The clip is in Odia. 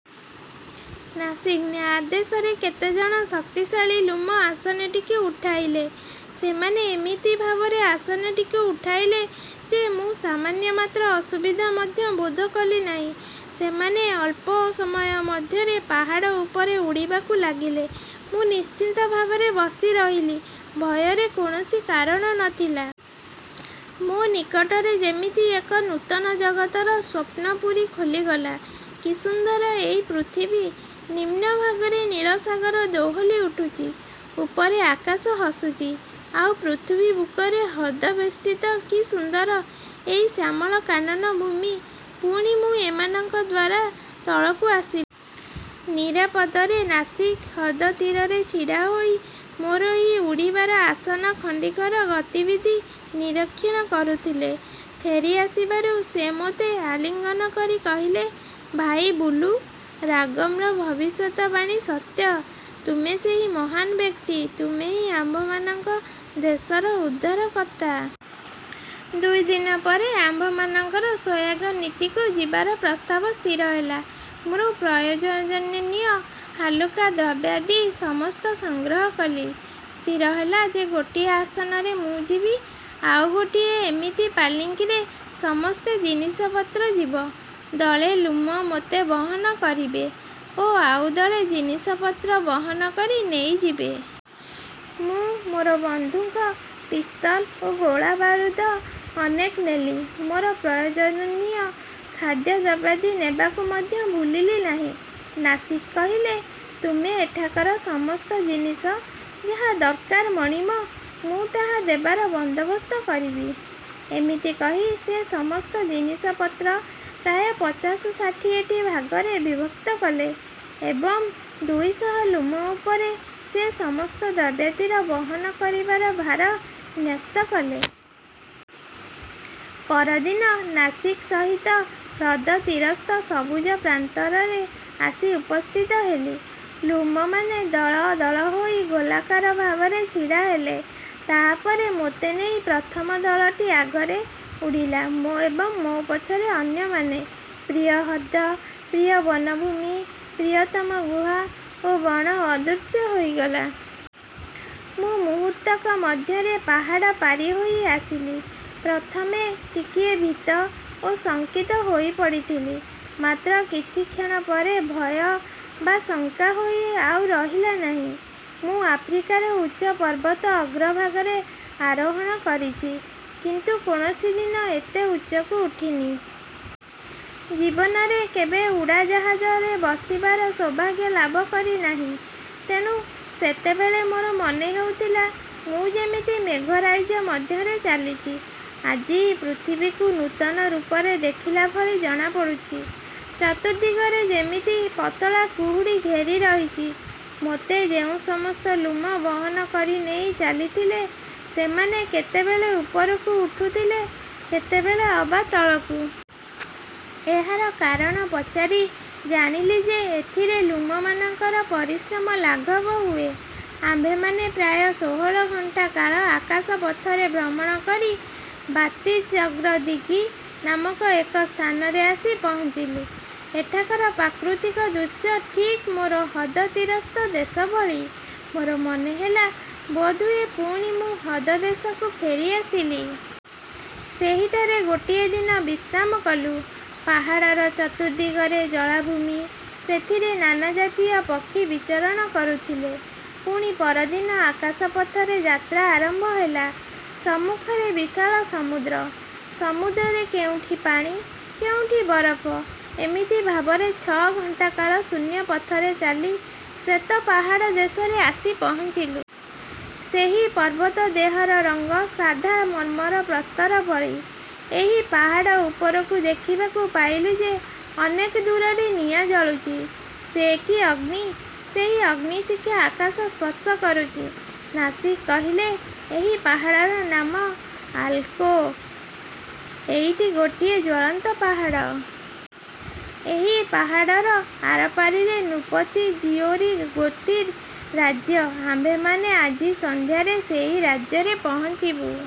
'' ନାସିଗ୍ଙ୍କ ଆଦେଶରେ କେତେଜଣ ଶକ୍ତିଶାଳୀ ଲ୍ଲୁମ ଆସନଟିକୁ ଉଠାଇଲେ। ସେମାନେ ଏମିତି ଭାବରେ ଆସନଟିକୁ ଉଠାଇଲେ ଯେ, ମୁଁ ସାମାନ୍ୟ ମାତ୍ର ଅସୁବିଧା ମଧ୍ୟ ବୋଧ କଲିନାହିଁ। ସେମାନେ ଅଳ୍ପ ସମୟ ମଧ୍ୟରେ ପାହାଡ଼ ଉପରେ ଉଡ଼ିବାକୁ ଲାଗିଲେ। ମୁଁ ନିଶ୍ଚିନ୍ତ ଭାବରେ ବସିରହିଲି, ଭୟର କୌଣସି କାରଣ ନ ଥିଲା। ମୋ ନିକଟରେ ଯେମିତି ଏକ ନୂତନ ଜଗତର ସ୍ୱପ୍ନପୁରୀ ଖୋଲିଗଲା। କି ସୁନ୍ଦର ଏଇ ପୃଥିବୀ! ନିମ୍ନ ଭାଗରେ ନୀଳସାଗର ଦୋହଲି ଉଠୁଛି। ଉପରେ ଆକାଶ ହସୁଛି। ଆଉ ପୃଥିବୀ ବୁକୁରେ ହ୍ରଦ ବେଷ୍ଟିତ କି ସୁନ୍ଦର ଏଇ ଶ୍ୟାମଳ କାନନ ଭୂମି! ପୁଣି ମୁଁ ଏମାନଙ୍କ ଦ୍ୱାରା ତଳକୁ ଆସିଲି। ନିରାପଦରେ। ନାସିଗ୍ ହ୍ରଦ ତୀରରେ ଛିଡ଼ା ହୋଇ ମୋର ଏହି ଉଡ଼ିବାର ଆସନ ଖଣ୍ଡିକର ଗତିବିଧି ନିରୀକ୍ଷଣ କରୁଥିଲେ। ଫେରିଆସିବାରୁ ସେ ମୋତେ ଆଲିଙ୍ଗନ କରି କହିଲେ, ''ଭାଇ ବୁଲୁ! ରାଗମ୍ର ଭବିଷ୍ୟତ ବାଣୀ ସତ୍ୟ। ତୁମେ ସେହି ମହାନ୍ ବ୍ୟକ୍ତି। ତୁମେ ହିଁ ଆମ୍ଭମାନଙ୍କ ଦେଶର ଉଦ୍ଧାର କର୍ତ୍ତା। '' ଦୁଇଦିନ ପରେ ଆମ୍ଭମାନଙ୍କର ସୋୟାଙ୍ଗନିତିକୁ ଯିବାର ପ୍ରସ୍ତାବ ସ୍ଥିର ହେଲା। ମୁଁ ପ୍ରୟୋଜନୀୟ ହାଲୁକା ଦ୍ରବ୍ୟାଦି ସମସ୍ତ ସଂଗ୍ରହ କଲି। ସ୍ଥିର ହେଲା ଯେ ଗୋଟିଏ ଆସନରେ ମୁଁ ଯିବି, ଆଉ ଗୋଟିଏ ଏମିତି ପାଲିଙ୍କିରେ ସମସ୍ତ ଜିନିଷପତ୍ର ଯିବ। ଦଳେ ଲ୍ଲୁମ ମୋତେ ବହନ କରିବେ ଓ ଆଉ ଦଳେ ଜିନିଷପତ୍ର ବହନକରି ନେଇଯିବେ। ମୁଁ ମୋର ବନ୍ଧୁକ, ପିସ୍ତଲ ଓ ଗୋଳାବାରୁଦ ଅନେକ ନେଲି। ମୋର ପ୍ରୟୋଜନୀୟ ଖାଦ୍ୟଦ୍ରବ୍ୟାଦି ନେବାକୁ ମଧ୍ୟ ଭୁଲିଲି ନାହିଁ-। ନାସିଗ୍ କହିଲେ, ''ତୁମେ ଏଠାକାର ସମସ୍ତ ଜିନିଷ ଯାହା ଦରକାର ମଣିବ ମୁଁ ତାହା ଦେବାର ବନ୍ଦୋବସ୍ତ କରିବି। '' ଏମିତି କହି ସେ ସମସ୍ତ ଜିନିଷପତ୍ର ପ୍ରାୟ ପଚାଶ ଷାଠିଏଟି ଭାଗରେ ବିଭକ୍ତ କଲେ ଏବଂ ଦୁଇ ଶହ ଲ୍ଲୁମ ଉପରେ ସେ ସମସ୍ତ ଦ୍ରବ୍ୟାଦିର ବହନ କରବାର ଭାର ନ୍ୟସ୍ତ କଲେ। ପରଦିନ ନାସିଗ୍ ସହିତ ହ୍ରଦତୀରସ୍ଥ ସବୁଜ ପ୍ରାନ୍ତରରେ ଆସି ଉପସ୍ଥିତ ହେଲି। ଲ୍ଲୁମମାନେ ଦଳ ଦଳ ହୋଇ ଗୋଲାକାର ଭାବରେ ଛିଡ଼ାହେଲେ। ତାହାପରେ ମୋତେ ନେଇ ପ୍ରଥମ ଦଳଟି ଆଗରେ ଉଡ଼ିଲା ଏବଂ ମୋ ପଛରେ ଅନ୍ୟମାନେ। ପ୍ରିୟ ହ୍ରଦ, ପ୍ରିୟ ବନଭୂମି, ପ୍ରିୟତମ ଗୁହା ଓ ବଣ ଅଦୃଶ୍ୟ ହୋଇଗଲା। ମୁଁ ମୁହୂର୍ତ୍ତକ ମଧ୍ୟରେ ପାହାଡ଼ ପାରିହୋଇ ଆସିଲି। ପ୍ରଥମେ ଟିକିଏ ଭୀତ ଓ ଶଙ୍କିତ ହୋଇପଡ଼ିଥିଲି, ମାତ୍ର କିଛି କ୍ଷଣ ପରେ ଭୟ ବା ଶଙ୍କା ଆଉ ରହିଲା ନାହିଁ। ମୁଁ ଆଫ୍ରିକାର ଉଚ୍ଚ ପର୍ବତ ଅଗ୍ରଭାଗରେ ଆରୋହଣ କରିଛି, କିନ୍ତୁ କୌଣସି ଦିନ ଏତେ ଉଚ୍ଚକୁ ଉଠିନି। ଜୀବନରେ କେବେ ଉଡ଼ାଜାହାଜରେ ବସିବାର ସୌଭାଗ୍ୟ ଲାଭ କରିନାହିଁ। ତେଣୁ ସେତେବେଳେ ମୋର ମନେହେଉଥିଲା, ମୁଁ ଯେମିତି ମେଘ ରାଇଜ ମଧ୍ୟରେ ଚାଲିଛି। ଆଜି ପୃଥିବୀକୁ ନୂତନ ରୂପରେ ଦେଖିଲାଭଳି ଜଣାପଡ଼ୁଛି। ଚତୁର୍ଦ୍ଦିଗରେ ଯେମିତି ପତଳା କୁହୁଡ଼ି ଘେରିରହିଛି। ମୋତେ ଯେଉଁ ସମସ୍ତ ଲ୍ଲୁମ ବହନ କରି ନେଇ ଚାଲିଥିଲେ, ସେମାନେ କେତେବେଳେ ଉପରକୁ ଉଠୁଥିଲେ, କେତେବେଳେ ଅବା ତଳକୁ। ଏହାର କାରଣ ପଚାରି ଜାଣିଲି ଯେ ଏଥିରେ ଲ୍ଲୁମମାନଙ୍କର ପରିଶ୍ରମ ଲାଘବ ହୁଏ। ଆମ୍ଭେମାନେ ପ୍ରାୟ ଷୋହଳ ଘଣ୍ଟା କାଳ ଆକାଶ ପଥରେ ଭ୍ରମଣ କରି ବାତିଜଦ୍ରିଗ୍ ନାମକ ଏକ ସ୍ଥାନରେ ଆସି ପହଞ୍ଚିଲୁ। ଏଠାକାର ପ୍ରାକୃତିକ ଦୃଶ୍ୟ ଠିକ୍ ମୋର ହ୍ରଦତୀରସ୍ଥ ଦେଶଭଳି। ମୋର ମନେହେଲା, ବୋଧହୁଏ ପୁଣି ମୁଁ ମୋର ହ୍ରଦ ଦେଶକୁ ଫେରିଆସିଲି। ସେହିଠାରେ ଗୋଟିଏ ଦିନ ବିଶ୍ରାମ କଲୁଁ। ପାହାଡ଼ର ଚତୁର୍ଦ୍ଦିଗରେ ଜଳାଭୂମି, ସେଥିରେ ନାନାଜାତୀୟ ପକ୍ଷୀ ବିଚରଣ କରୁଥିଲେ। ପୁଣି ପରଦିନ ଆକାଶ ପଥରେ ଯାତ୍ରା ଆରମ୍ଭ ହେଲା। ସମ୍ମୁଖରେ ବିଶାଳ ସମୁଦ୍ର। ସମୁଦ୍ରରେ କେଉଁଠି ପାଣି, କେଉଁଠି ବରଫ, ଏମିତି ଭାବରେ ଛ' ଘଣ୍ଟାକାଳ ଶୂନ୍ୟ ପଥରେ ଚାଲି ଶ୍ୱେତ ପାହାଡ଼ ଦେଶରେ ଆସି ପହଞ୍ଚିଲୁ। ସେହି ପର୍ବତ ଦେହର ରଙ୍ଗ ସାଧା ମର୍ମ୍ମର ପ୍ରସ୍ତରଭଳି। ଏଇ ପାହାଡ଼ ଉପରକୁ ଦେଖିବାକୁ ପାଇଲୁ ଯେ ଅନେକ ଦୂରରେ ନିଆଁ ଜଳୁଛି। ସେ କି ଅଗ୍ନି? ସେହି ଅଗ୍ନିଶିଖା ଆକାଶ ସ୍ପର୍ଶ କରୁଛି। ନାସିଗ୍ କହିଲେ, ''ଏଇ ପାହାଡ଼ର ନାମ ଆଲକୋ। ଏଇଟି ଗୋଟିଏ ଜ୍ୱଳନ୍ତ ପାହାଡ଼। ଏହି ପାହାଡ଼ର ଆରପାରିରେ ନୃପତି ଜିଓରିଗୋତିର ରାଜ୍ୟ। ଆମ୍ଭେମାନେ ଆଜି ସନ୍ଧ୍ୟାରେ ସେହି ରାଜ୍ୟରେ ପହଞ୍ଚିବୁ।